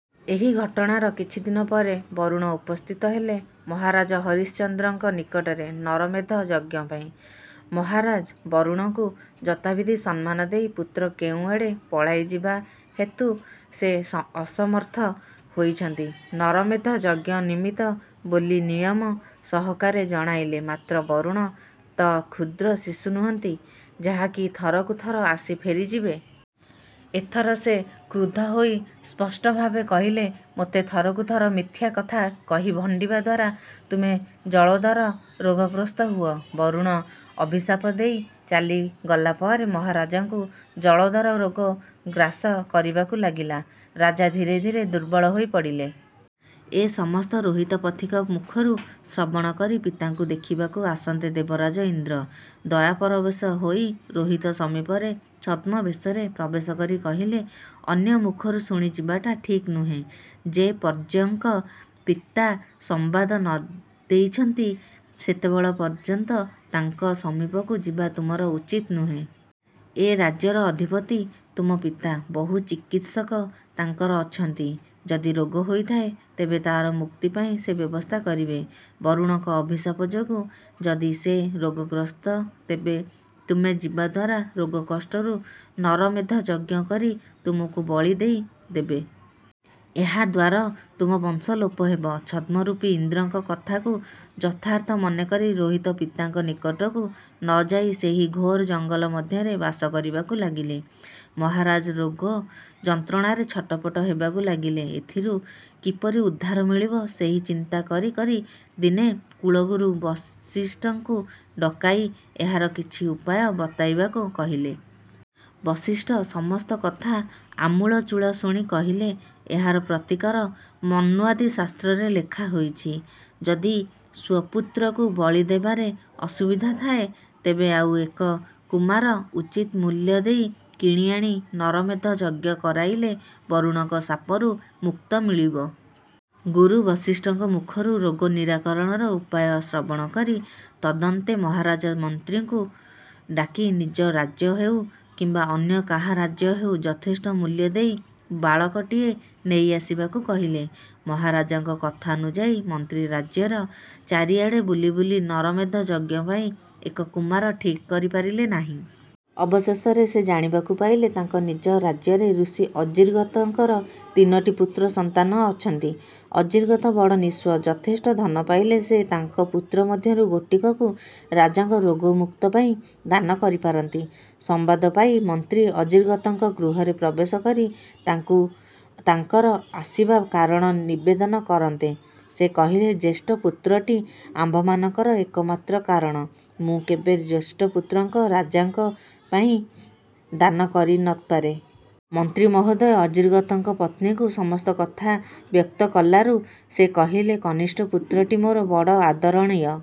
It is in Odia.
ଏହି ଘଟଣାର କିଛିଦିନ ପରେ ବରୁଣ ଉପସ୍ଥିତ ହେଲେ ମହାରାଜ ହରିଶ୍ଚନ୍ଦ୍ରଙ୍କ ନିକଟରେ ନରମେଧ ଯଜ୍ଞ ପାଇଁ। ମହାରାଜ ବରୁଣଙ୍କୁ ଯଥାବିଧି ସମ୍ମାନ ଦେଇ ପୁତ୍ର କେଉଁଆଡ଼େ ପଳାଇଯିବା ହେତୁ ସେ ଅସମର୍ଥ ହୋଇଛନ୍ତି ନରମେଧ ଯଜ୍ଞ ନିମିତ୍ତ ବୋଲି ବିନୟ ସହକାରେ ଜଣାଇଲେ। ମାତ୍ର ବରୁଣ ତ କ୍ଷୁଦ୍ର ଶିଶୁ ନୁହନ୍ତି, ଯାହାକି ଥରକୁ ଥର ଆସି ଫେରିଯିବେ! ଏଥର ସେ କ୍ରୁଦ୍ଧ ହୋଇ ସ୍ପଷ୍ଟଭାବେ କହିଲେ, ''ମୋତେ ଥରକୁ ଥର ମିଥ୍ୟା କଥା କହି ଭଣ୍ଡିବା ଦ୍ୱାରା ତୁମେ ଜଳୋଦର ରୋଗଗ୍ରସ୍ତ ହୁଅ। '' ବରୁଣ ଅଭିଶାପ ଦେଇ ଚାଲି ଗଲାପରେ ମହାରାଜାଙ୍କୁ ଜଳୋଦର ରୋଗ ଗ୍ରାସ କରିବାକୁ ଲାଗିଲା। ରାଜା ଧୀରେ ଧୀରେ ଦୁର୍ବଳ ହୋଇ ପଡ଼ିଲେ। ଏ ସମସ୍ତ ରୋହିତ ପଥିକ ମୁଖରୁ ଶ୍ରବଣକରି ପିତାଙ୍କୁ ଦେଖିବାକୁ ଆସନ୍ତେ ଦେବରାଜ ଇନ୍ଦ୍ର ଦୟାପରବଶ ହୋଇ ରୋହିତ ସମୀପରେ ଛଦ୍ମବେଶରେ ପ୍ରବେଶ କରି କହିଲେ, ଅନ୍ୟ ମୁଖରୁ ଶୁଣି ଯିବାଟା ଠିକ୍ ନୁହେଁ। ଯେ ପର୍ଯ୍ୟଙ୍କ ପିତା ସମ୍ୱାଦ ନ ଦେଇଛନ୍ତି ସେତେବେଳେ ପର୍ଯ୍ୟନ୍ତ ତାଙ୍କ ସମୀପକୁ ଯିବା ତୁମର ଉଚିତ୍ ନୁହେଁ। ଏ ରାଜ୍ୟର ଅଧିପତି ତୁମ ପିତା। ବହୁ ଚିକିତ୍ସକ ତାଙ୍କର ଅଛନ୍ତି। ଯଦି ରୋଗ ହୋଇଥାଏ, ତେବେ ତା'ର ମୁକ୍ତି ପାଇଁ ସେ ବ୍ୟବସ୍ଥା କରିବେ। ବରୁଣଙ୍କ ଅଭିଶାପ ଯୋଗୁଁ ଯଦି ସେ ରୋଗଗ୍ରସ୍ତ ତେବେ ତୁମେ ଯିବା ଦ୍ୱାରା ରୋଗ କଷ୍ଟରୁ ନରମେଧ ଯଜ୍ଞ କରି ତୁମକୁ ବଳି ଦେଇ ଦେବେ। ଏହା ଦ୍ୱାର ତୁମ ବଂଶ ଲୋପ ହେବ। ଛଦ୍ମରୂପୀ ଇନ୍ଦ୍ରଙ୍କ କଥାକୁ ଯଥାର୍ଥ ମନେକରି ରୋହିତ ପିତାଙ୍କ ନିକଟକୁ ନ ଯାଇ ସେହି ଘୋର ଜଙ୍ଗଲ ମଧ୍ୟରେ ବାସ କରିବାକୁ ଲାଗିଲେ! ମହାରାଜ ରୋଗ ଯନ୍ତ୍ରଣାରେ ଛଟପଟ ହେବାକୁ ଲାଗିଲେ। ଏଥିରୁ କିପରି ଉଦ୍ଧାର ମିଳିବ ସେହି ଚିନ୍ତା କରି କରି ଦିନେ କୁଳଗୁରୁ ବଶିଷ୍ଠଙ୍କୁ ଡକାଇ ଏହାର କିଛି ଉପାୟ ବତାଇବାକୁ କହିଲେ। ବଶିଷ୍ଠ ସମସ୍ତ କଥା ଆମୂଳଚୂଳ ଶୁଣି କହିଲେ, ଏହାର ପ୍ରତିକାର ମନ୍ୱାଦି ଶାସ୍ତ୍ରରେ ଲେଖା ହୋଇଛି। ଯଦି ସ୍ୱପୁତ୍ରକୁ ବଳି ଦେବାରେ ଅସୁବିଧା ଥାଏ, ତେବେ ଆଉ ଏକ କୁମାର ଉଚିତ୍ ମୂଲ୍ୟ ଦେଇ କିଣିଆଣି ନରମେଧ ଯଜ୍ଞ କରାଇଲେ ବରୁଣଙ୍କ ଶାପରୁ ମୁକ୍ତ ମିଳିବ। ଗୁରୁ ବଶିଷ୍ଠଙ୍କ ମୁଖରୁ ରୋଗ ନିରାକରଣର ଉପାୟ ଶ୍ରବଣକରି ତଦନ୍ତେ ମହାରାଜା ମନ୍ତ୍ରୀଙ୍କୁ ଡାକି ନିଜ ରାଜ୍ୟ ହେଉ କିମ୍ୱା ଅନ୍ୟ କାହା ରାଜ୍ୟ ହେଉ ଯଥେଷ୍ଟ ମୂଲ୍ୟ ଦେଇ ବାଳକଟିଏ ନେଇ ଆସିବାକୁ କହିଲେ। ମହାରାଜାଙ୍କ କଥାନୁଯାୟୀ ମନ୍ତ୍ରୀ ରାଜ୍ୟର ଚାରିଆଡ଼େ ବୁଲି ବୁଲି ନରମେଧ ଯଜ୍ଞ ପାଇଁ ଏକ କୁମାର ଠିକ୍ କରିପାରିଲେ ନାହିଁ। ଅବଶେଷରେ ସେ ଜାଣିବାକୁ ପାଇଲେ ତାଙ୍କ ନିଜ ରାଜ୍ୟରେ ଋଷି ଅଜିଗର୍ତ୍ତଙ୍କର ତିନୋଟି ପୁତ୍ର ସନ୍ତାନ ଅଛନ୍ତି। ଅଜିଗର୍ତ୍ତ ବଡ଼ ନିଃସ୍ୱ। ଯଥେଷ୍ଟ ଧନ ପାଇଲେ ସେ ତାଙ୍କ ପୁତ୍ର ମଧ୍ୟରୁ ଗୋଟିକକୁ ରାଜାଙ୍କ ରୋଗମୁକ୍ତି ପାଇଁ ଦାନ କରିପାରନ୍ତି। ସମ୍ୱାଦ ପାଇ ମନ୍ତ୍ରୀ ଅଜିଗର୍ତ୍ତଙ୍କ ଗୃହରେ ପ୍ରବେଶ କରି ତାଙ୍କୁ ତାଙ୍କର ଆସିବା କାରଣ ନିବେଦନ କରନ୍ତେ ସେ କହିଲେ ଜ୍ୟେଷ୍ଠ ପୁତ୍ରଟି ଆମ୍ଭମାନଙ୍କର ଏକମାତ୍ର କାରଣ ମୁଁ କେବେ ଜ୍ୟେଷ୍ଠ ପୁତ୍ରଙ୍କ ରାଜାଙ୍କ ପାଇଁ ଦାନ କରି ନ ପାରେ। ମନ୍ତ୍ରୀ ମହୋଦୟ ଅଜିଗର୍ତ୍ତଙ୍କ ପତ୍ନୀଙ୍କୁ ସମସ୍ତ କଥା ବ୍ୟକ୍ତ କଲାରୁ ସେ କହିଲେ କନିଷ୍ଠ ପୁତ୍ରଟି ମୋର ବଡ଼ ଆଦରଣୀୟ।